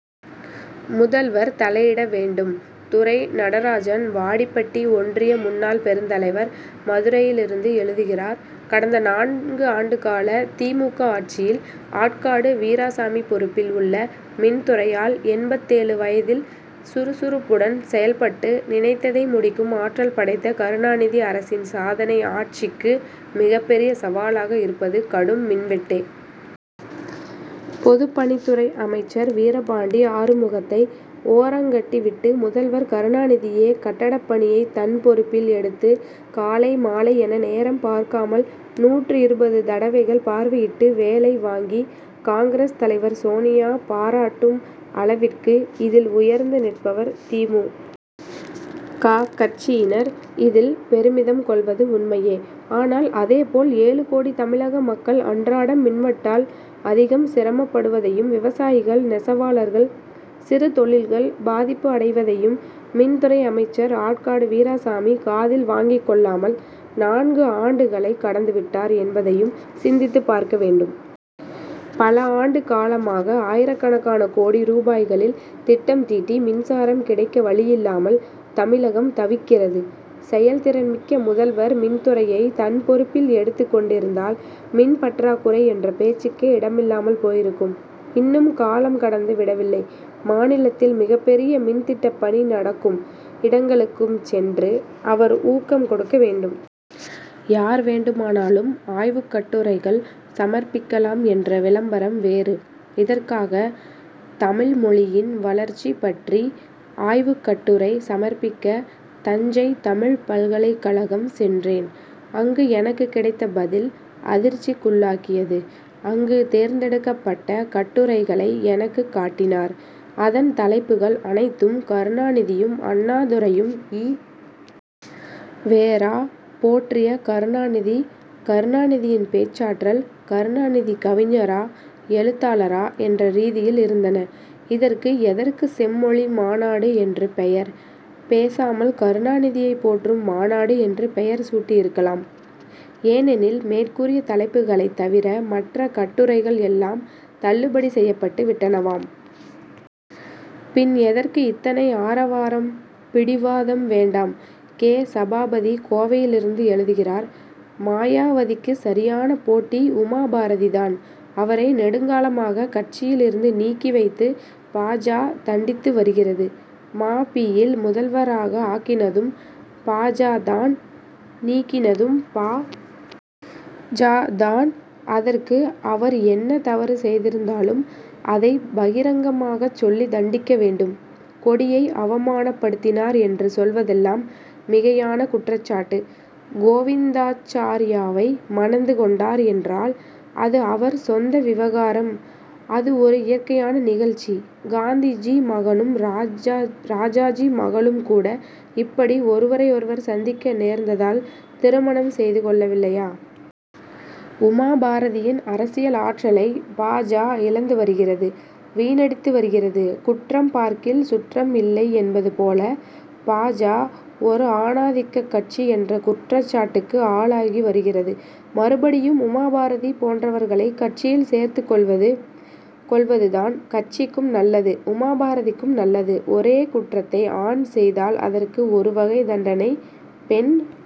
முதல்வர் தலையிட வேண்டும்! துரை நடராஜன் வாடிப்பட்டி ஒன்றிய முன்னாள் பெருந்தலைவர் மதுரையிலிருந்து எழுதுகிறார் கடந்த நான்கு ஆண்டுகால தி. மு. க. ஆட்சியில் ஆற்காடு வீராசாமி பொறுப்பில் உள்ள மின் துறையால் எண்பத்தேழு வயதில் சுறுசுறுப்புடன் செயல்பட்டு நினைத்ததை முடிக்கும் ஆற்றல் படைத்த கருணாநிதி அரசின் சாதனை ஆட்சிக்கு மிகப்பெரிய சவாலாக இருப்பது கடும் மின்வெட்டே. பொதுப்பணித்துறை அமைச்சர் வீரபாண்டி ஆறுமுகத்தை ஓரங்கட்டிவிட்டு முதல்வர் கருணாநிதியே கட்டடப் பணியை தன் பொறுப்பில் எடுத்து காலை மாலை என நேரம் பார்க்காமல் நூற்று இருபது தடவைகள் பார்வையிட்டு வேலை வாங்கி காங்கிரஸ் தலைவர் சோனியா பாராட்டும் அளவிற்கு இதில் உயர்ந்து நிற்பவர்! தி. மு. க. கட்சியினர் இதில் பெருமிதம் கொள்வது உண்மையே! ஆனால் அதேபோல் ஏழு கோடி தமிழக மக்கள் அன்றாடம் மின்வெட்டால் அதிகம் சிரமப்படுவதையும் விவசாயிகள் நெசவாளர்கள் சிறுதொழில்கள் பாதிப்பு அடைவதையும் மின்துறை அமைச்சர் ஆற்காடு வீராசாமி காதில் வாங்கிக் கொள்ளாமல் நான்கு ஆண்டுகளை கடந்துவிட்டார் என்பதையும் சிந்தித்து பார்க்க வேண்டும். பல ஆண்டு காலமாக ஆயிரக்கணக்கான கோடி ரூபாய்களில் திட்டம் தீட்டி மின்சாரம் கிடைக்க வழியில்லாமல் தமிழகம் தவிக்கிறது. செயல்திறன்மிக்க முதல்வர் மின்துறையை தன் பொறுப்பில் எடுத்துக் கொண்டிருந்தால் மின் பற்றாக்குறை என்ற பேச்சுக்கே இடமில்லாமல் போயிருக்கும். இன்னும் காலம் கடந்து விடவில்லை! மாநிலத்தில் மிகப்பெரிய மின்திட்டப்பணி நடக்கும் இடங்களுக்கும் சென்று அவர் ஊக்கம் கொடுக்க வேண்டும்! யார் வேண்டுமானாலும் ஆய்வுக்கட்டுரைகள் சமர்ப்பிக்கலாம் என்ற விளம்பரம் வேறு! இதற்காக தமிழ்மொழியின் வளர்ச்சி பற்றி ஆய்வுக் கட்டுரை சமர்ப்பிக்க தஞ்சை தமிழ்ப் பல்கலைக்கழகம் சென்றேன். அங்கு எனக்குக் கிடைத்த பதில் அதிர்ச்சிக்குள்ளாக்கியது. அங்கு தேர்ந்தெடுக்கப்பட்ட கட்டுரைகளை எனக்குக் காட்டினார். அதன் தலைப்புகள் அனைத்தும் கருணாநிதியும் அண்ணாதுரையும் ஈ. வெ. ரா. போற்றிய கருணாநிதி கருணாநிதியின் பேச்சாற்றல் கருணாநிதி கவிஞரா எழுத்தாளரா என்ற ரீதியில் இருந்தன. இதற்கு எதற்கு செம்மொழி மாநாடு என்று பெயர்? பேசாமல் கருணாநிதியை போற்றும் மாநாடு என்று பெயர் சூட்டியிருக்கலாம். ஏனெனில் மேற்கூறிய தலைப்புகளைத் தவிர மற்ற கட்டுரைகள் எல்லாம் தள்ளுபடி செய்யப்பட்டு விட்டனவாம். பின் எதற்கு இத்தனை ஆரவாரம்? பிடிவாதம் வேண்டாம்! கே. சபாபதி கோவையிலிருந்து எழுதுகிறார் மாயாவதிக்கு சரியான போட்டி உமாபாரதி தான். அவரை நெடுங்காலமாக கட்சியில் இருந்து நீக்கி வைத்து பா. ஜ. தண்டித்து வருகிறது. ம. பி.யில் முதல்வராக ஆக்கினதும் பா. ஜ. தான் நீக்கினதும் பா. ஜ. தான். அதற்கு அவர் என்ன தவறு செய்திருந்தாலும் அதைப் பகிரங்கமாகச் சொல்லி தண்டிக்க வேண்டும். கொடியை அவமானப்படுத்தினார் என்று சொல்வதெல்லாம் மிகையான குற்றச்சாட்டு. கோவிந்தாச்சார்யாவை மணந்து கொண்டார் என்றால் அது அவர் சொந்த விவகாரம் அது ஒரு இயற்கையான நிகழ்ச்சி. காந்திஜி மகனும் ராஜாஜி மகளும் கூட இப்படி ஒருவரை ஒருவர் சந்திக்க நேர்ந்ததால் திருமணம் செய்து கொள்ளவில்லையா? உமாபாரதியின் அரசியல் ஆற்றலை பா. ஜ. இழந்து வருகிறது வீணடித்து வருகிறது. குற்றம் பார்க்கில் சுற்றம் இல்லை என்பது போல பா. ஜ. ஒரு ஆணாதிக்கக் கட்சி என்ற குற்றச்சாட்டுக்கு ஆளாகி வருகிறது. மறுபடியும் உமாபாரதி போன்றவர்களை கட்சியில் சேர்த்துக் கொள்வது தான் கட்சிக்கும் நல்லது உமாபாரதிக்கும் நல்லது. ஒரே குற்றத்தை ஆண் செய்தால் அதற்கு ஒரு வகை தண்டனை பெண்